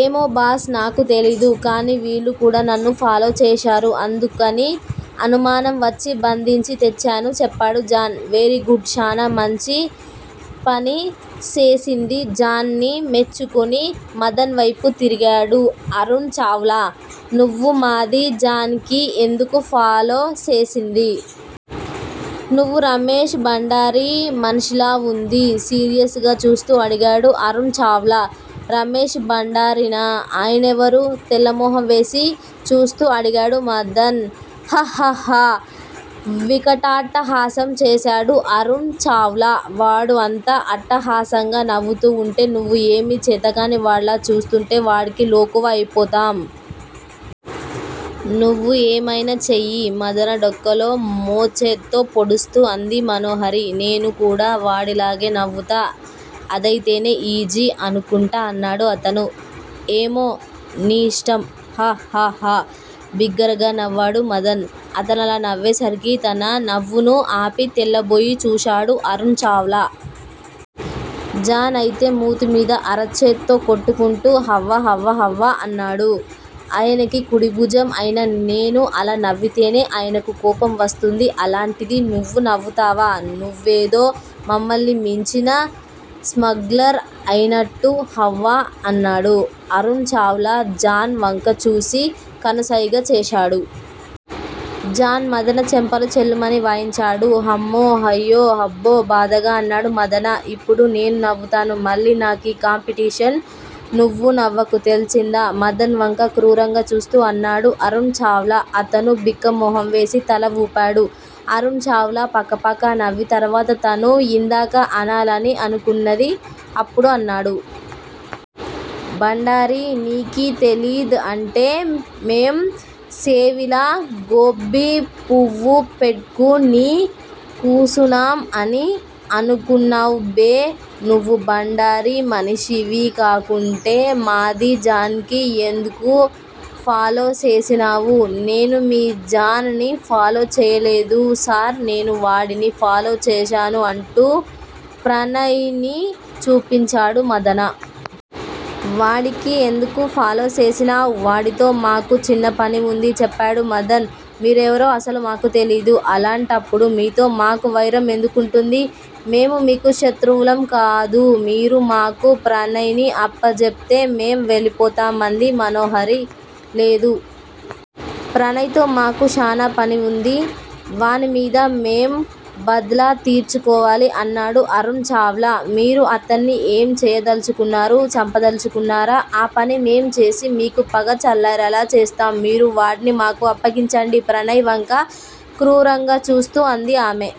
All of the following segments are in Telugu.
ఏమో బాస్ నాకు తెలీదు. కానీ వీళ్ళు కూడా నన్ను ఫాలో చేశారు. అందుకని అనుమానం వచ్చి బంధించి తెచ్చాను చెప్పాడు జాన్. వెరీగుడ్! శానా మంచి పని సేసింది జాన్ ని మెచ్చుకుని మదన్ వైపు తిరిగాడు అరుణ్ చావ్లా. నువ్వు మాది జాన్ కి ఎందుకు ఫాలో సేసింది? నువ్వు రమేష్ భండారీ మన్షీలా వుంది? సీరియస్ గా చూస్తూ అడిగాడు అరుణ్ చావ్లా. రమేష్ భండారీనా? ఆయనెవరు? తెల్లమొహం వేసి చూస్తూ అడిగాడు మదన్. హ్హహ్హహ్హ వికటాట్టహాసం చేశాడు అరుణ్ చావ్లా. వాడు అంత అట్టహాసంగా నవ్వుతూ వుంటే నువ్వు ఏమీ చేతకాని వాడిలా చూస్తుంటే వాడికి లోకువ అయిపోతాం. నువ్వూ ఏమైనా చెయ్యి మదన డొక్కలో మోచేత్తో పొడుస్తూ అంది మనోహరి. నేను కూడా వాడిలాగే నవ్వుతా అదైతేనే ఈజీ అనుకుంటా అన్నాడు అతను. ఏమో నీ ఇష్టం. హ్హ హ్హ హ్హ. బిగ్గరగా నవ్వాడు మదన్. అతనలా నవ్వేసరికి తన నవ్వును ఆపి తెల్లబోయి చూశాడు అరుణ్ చావ్లా. జాన్ అయితే మూతిమీద అరచేత్తో కొట్టుకుంటూ హవ్వ హవ్వ హవ్వ అన్నాడు. ఆయనకీ కుడిభుజం అయినా నేను అలా నవ్వితేనే ఆయనకు కోపం వస్తుంది అలాంటిది నువ్వు నవ్వుతావా నువ్వేదో మమ్మల్ని మించిన స్మగ్లర్ అయినట్టు హవ్వ అన్నాడు. అరుణ్ చావ్లా జాన్ వంక చూసి కనుసైగ చేశాడు. జాన్ మదన చెంపలు చెళ్ళుమని వాయించాడు. హమ్మో హయ్యో హబ్బో బాధగా అన్నాడు మదన. ఇప్పుడూ నేనూ నవ్వుతాను. మళ్ళీ నాకీ కాంపిటీషన్ నువ్వూ నవ్వకు తెల్సిందా? మదన్ వంక క్రూరంగా చూస్తూ అన్నాడు అరుణ్ చావ్లా. అతను బిక్కమొహంవేసి తల వూపాడు. అరుణ్ చావ్లా పకపకా నవ్వి తర్వాత తను యిందాక అనాలని అనుకున్నది అప్పుడు అన్నాడు. భండారీ నీకీ తెలీద్ అంటే మేం సేవిలా గోబ్బీపువ్వు పెట్కు నీ కూసునాం అని అనుకున్నావ్ బే నువ్వూ భండారీ మనిషివీ కాకుంటే మాదీ జాన్ కీ ఎంద్కూ ఫాలో సేసినావు? నేను మీ జాన్ ని ఫాలో చెయ్యలేదు సార్ నేను వాడిని ఫాలో చేశాను అంటూ ప్రణయ్ ని చూపించాడు మదన. వాడికీ ఎందుకూ ఫాలో సేసినావ్? వాడితో మాకు చిన్నపని వుంది చెప్పాడు మదన్. మీరెవరో అసలు మాకు తెలీదు అలాంటప్పుడు మీతో మాకు వైరం ఎందుకుంటుందీ? మేము మీకు శత్రువులం కాదు మీరు మాకు ప్రణయ్ ని అప్పజేప్తే మేం వెళ్ళిపోతాం అంది మనోహరి. లేదు! ప్రణయ్ తో మాకు శానా పని వుంది వానిమీద మేం బద్లా తీర్చుకోవాలి అన్నాడు అరుణ్ చావ్లా. మీరు అతన్ని ఏం చెయ్యదల్చుకున్నారు చంపదల్చుకున్నారా? ఆ పని మేం చేసి మీకు పగ చల్లారేలా చేస్తాం మీరు వాడ్ని మాకు అప్పగించండి ప్రణయ్ వంక క్రూరంగా చూస్తూ అంది ఆమె.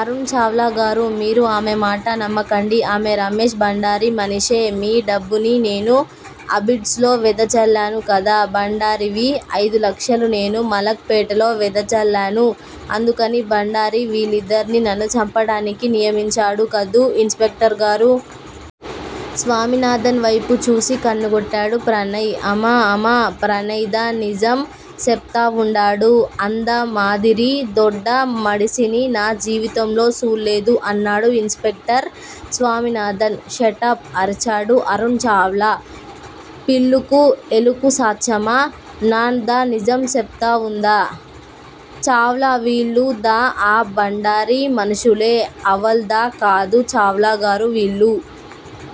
అరుణ్ చావ్లాగారూ మీరు ఆమె మాట నమ్మకండి. ఆమె రమేష్ భండారీ మనిషే మీ డబ్బుని నేను అబిడ్స్ లో వెదచల్లాను కదా! భండారీవి అయిదు లక్షలు నేను మలక్ పేటలో వెదచల్లాను అందుకని భండారీ వీళ్ళిద్దర్నీ నన్ను చంపడానికి నియమించాడు కదూ ఇన్స్ పెక్టర్ గారూ? స్వామినాథన్ వైపు చూసి కన్నుగొట్టాడు ప్రణయ్. అమా అమా ప్రణయ్ దా నిజం సెప్తా వుండాడు అంద మాదిరి దొడ్డ మడిసిని నా జీవితంలో సూళ్ళేదు అన్నాడు ఇన్స్ పెక్టర్ స్వామినాథన్. షటప్! అరిచాడు అరుణ్ చావ్లా. పిల్లుకు ఎలుకు సాచ్చమా? నాన్ దా నిజం సెప్తా వుందా చావ్లా వీళ్ళు దా ఆ భండారీ మనుషులే? అవళ్ దా. కాదు చావ్లాగారూ వీళ్ళు